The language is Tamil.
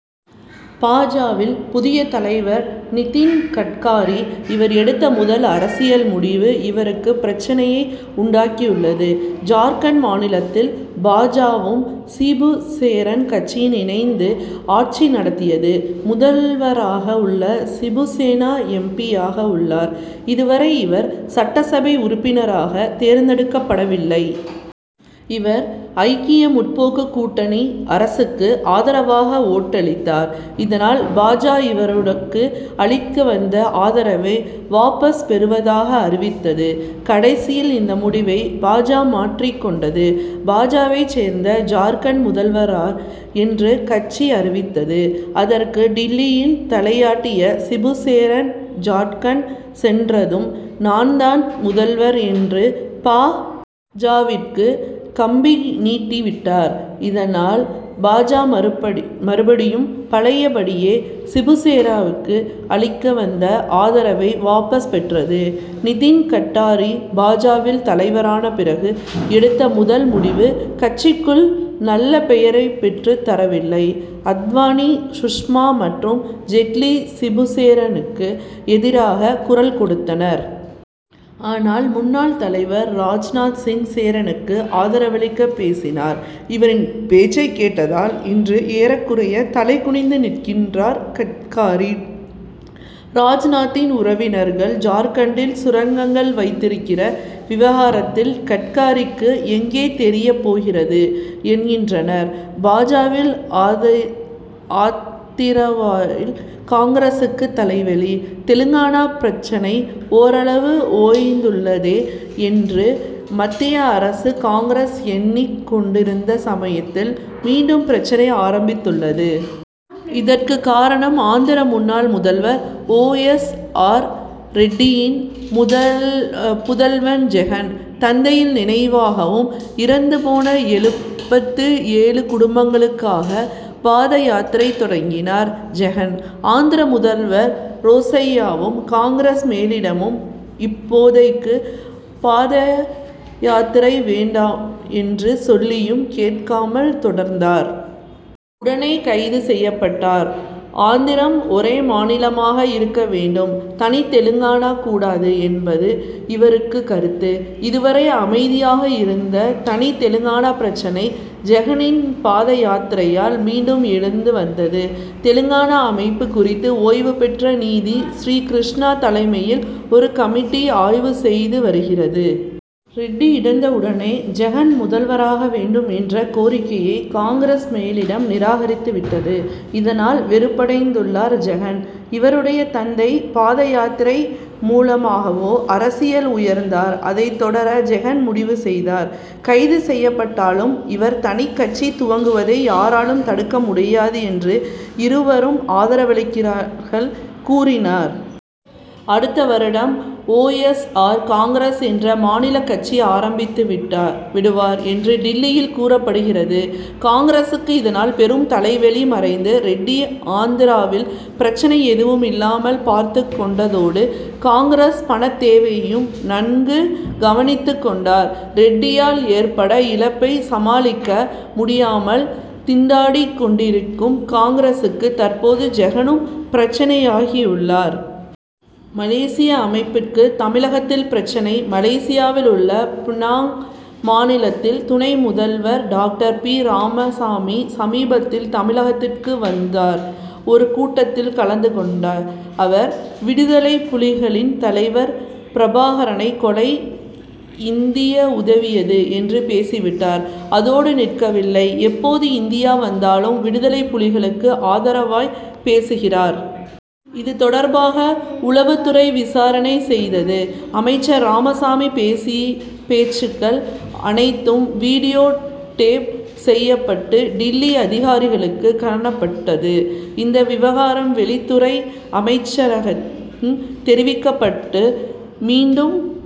பா. ஜ.,வின் புதிய தலைவர் நிதின் கட்காரி. இவர் எடுத்த முதல் அரசியல் முடிவு இவருக்கு பிரச்னையை உண்டாக்கியுள்ளது. ஜார்க்கண்ட் மாநிலத்தில் பா. ஜ.,வும், சிபு சோரன் கட்சியும் இணைந்து ஆட்சி நடத்தியது. முதல்வராக உள்ள சிபு சோரன், எம். பி.,யாக உள்ளார். இதுவரை இவர் சட்டசபை உறுப்பினராக தேர்ந்தெடுக்கப்படவில்லை. இவர் ஐக்கிய முற்போக்கு கூட்டணி அரசுக்கு ஆதரவாக ஓட்டளித்தார். இதனால், பா. ஜ., இவருக்கு அளித்து வந்த ஆதரவை வாபஸ் பெறுவதாக அறிவித்தது. கடைசியில் இந்த முடிவை பா. ஜ., மாற்றிக் கொண்டது. பா. ஜ.,வைச் சேர்ந்தவர் ஜார்க்கண்ட் முதல்வராவார் என்று கட்சி அறிவித்தது. அதற்கு டில்லியில் தலையாட்டிய சிபு சோரன், "ஜார்க்கண்ட் சென்றதும் நான் தான் முதல்வர்' என்று, பா. ஜ.,விற்கு கம்பி நீட்டிவிட்டார். இதனால், பா. ஜ., மறுபடியும் பழைய படியே, சிபுசோரனுக்கு அளித்து வந்த ஆதரவை வாபஸ் பெற்றது. நிதின் கட்காரி பா. ஜ.,வின் தலைவரான பிறகு, எடுத்த முதல் முடிவு கட்சிக்குள் நல்ல பெயரைப் பெற்றுத் தரவில்லை. அத்வானி, சுஷ்மா மற்றும் ஜெட்லி, சிபு சோரனுக்கு எதிராக குரல் கொடுத்தனர். ஆனால், முன்னாள் தலைவர் ராஜ்நாத் சிங், சோரனுக்கு ஆதரவாகப் பேசினார். இவரின் பேச்சைக் கேட்டதால், இன்று ஏறக்குறைய தலை குனிந்து நிற்கிறார் கட்காரி. ராஜ்நாத்தின் உறவினர்கள் ஜார்க்கண்டில் சுரங்கங்கள் வைத்திருக்கிற விவகாரம் கட்காரிக்கு எங்கே தெரியப் போகிறது? என்கின்றனர் பா. ஜ.,வினர். ஆந்திராவில் காங்கிரசுக்கு தலைவலி: தெலுங்கானா பிரச்னை ஓரளவு ஓய்ந்துள்ளதே என்று மத்திய அரசும், காங்கிரசும் எண்ணிக் கொண்டிருந்த சமயத்தில், மீண்டும் பிரச்னை ஆரம்பித்துள்ளது. இதற்கு காரணம் ஆந்திரா முன்னாள் முதல்வர் ஒய். எஸ். ஆர் ரெட்டியின் புதல்வன் ஜெகன். தந்தையின் நினைவாகவும், இறந்து போன எழுபத்து ஏழு குடும்பங்களுக்காகவும் பாத யாத்திரை தொடங்கினார் ஜெகன். ஆந்திர முதல்வர் ரோசய்யாவும், காங்கிரஸ் மேலிடமும் இப்போதைக்கு பாத யாத்திரை வேண்டாம் என்று சொல்லியும் கேட்காமல் தொடர்ந்தார். உடனே கைது செய்யப்பட்டார். ஆந்திரம் ஒரே மாநிலமாக இருக்க வேண்டும்; தனி தெலுங்கானா கூடாது என்பது இவருடைய கருத்து. இதுவரை அமைதியாக இருந்த தனி தெலுங்கானா பிரச்னை, ஜெகனின் பாத யாத்திரையால் மீண்டும் எழுந்துவிட்டது. தெலுங்கானா அமைப்பது குறித்து ஓய்வுபெற்ற நீதிபதி ஸ்ரீ கிருஷ்ணா தலைமையில் ஒரு கமிட்டி ஆய்வு செய்து வருகிறது. ரெட்டி இறந்த உடனேயே ஜெகன் முதல்வராக வேண்டும் என்ற கோரிக்கையை காங்., மேலிடம் நிராகரித்துவிட்டது. இதனால், வெறுப்படைந்துள்ளார் ஜெகன். இவருடைய தந்தை பாத யாத்திரை மூலமாகவே அரசியலில் உயர்ந்தார். அதையே தொடர ஜெகன் முடிவு செய்தார். கைது செய்யப்பட்டாலும் இவர் தனிக் கட்சி துவங்குவதை யாராலும் தடுக்க முடியாது' என்று இவருடைய ஆதரவாளர்கள் கூறுகின்றனர். அடுத்த வருடம் ஒய். எஸ். ஆர்., காங்கிரஸ் என்று மாநில கட்சி ஆரம்பித்துவிடுவார் என்று டில்லியில் கூறப்படுகிறது. காங்கிரசுக்கு இதனால் பெரும் தலைவலி. மறைந்த ரெட்டி ஆந்திராவில் பிரச்னை எதுவும் இல்லாமல் பார்த்துக் கொண்டதோடு காங்கிரசின் பணத்தேவைகளையும் நன்கு கவனித்துக் கொண்டார். ரெட்டியால் ஏற்பட்ட இழப்பை சமாளிக்க முடியாமல் திண்டாடிக் கொண்டிருக்கும் காங்கிரசுக்கு தற்போது ஜெகனும் பிரச்னையாகியுள்ளார். மலேசிய அமைச்சருக்கு தமிழகத்தில் பிரச்னை: மலேசியாவிலுள்ள பினாங் மாநிலத்தின் துணை முதல்வர் டாக்டர் பி. ராமசாமி சமீபத்தில் தமிழகத்திற்கு வந்திருந்தார். ஒரு கூட்டத்தில் கலந்து கொண்ட அவர், விடுதலைப்புலிகளின் தலைவர் பிரபாகரனைக் கொல்ல இந்தியா உதவியது என்று பேசிவிட்டார். அத்தோடு நிற்கவில்லை; எப்போது இந்தியா வந்தாலும் விடுதலைப்புலிகளுக்கு ஆதரவாகப் பேசுகிறார். இது தொடர்பாக உளவுத்துறை விசாரணை செய்தது. அமைச்சர் ராமசாமி பேசிய பேச்சுக்கள் அனைத்தும் வீடியோ டேப் செய்யப்பட்டு டில்லி அதிகாரிகளுக்குக் காண்பிக்கப்பட்டது. இந்த விவகாரம் வெளியுறவுத்துறை அமைச்சகத்திற்கும் தெரிவிக்கப்பட்டது. மீண்டும்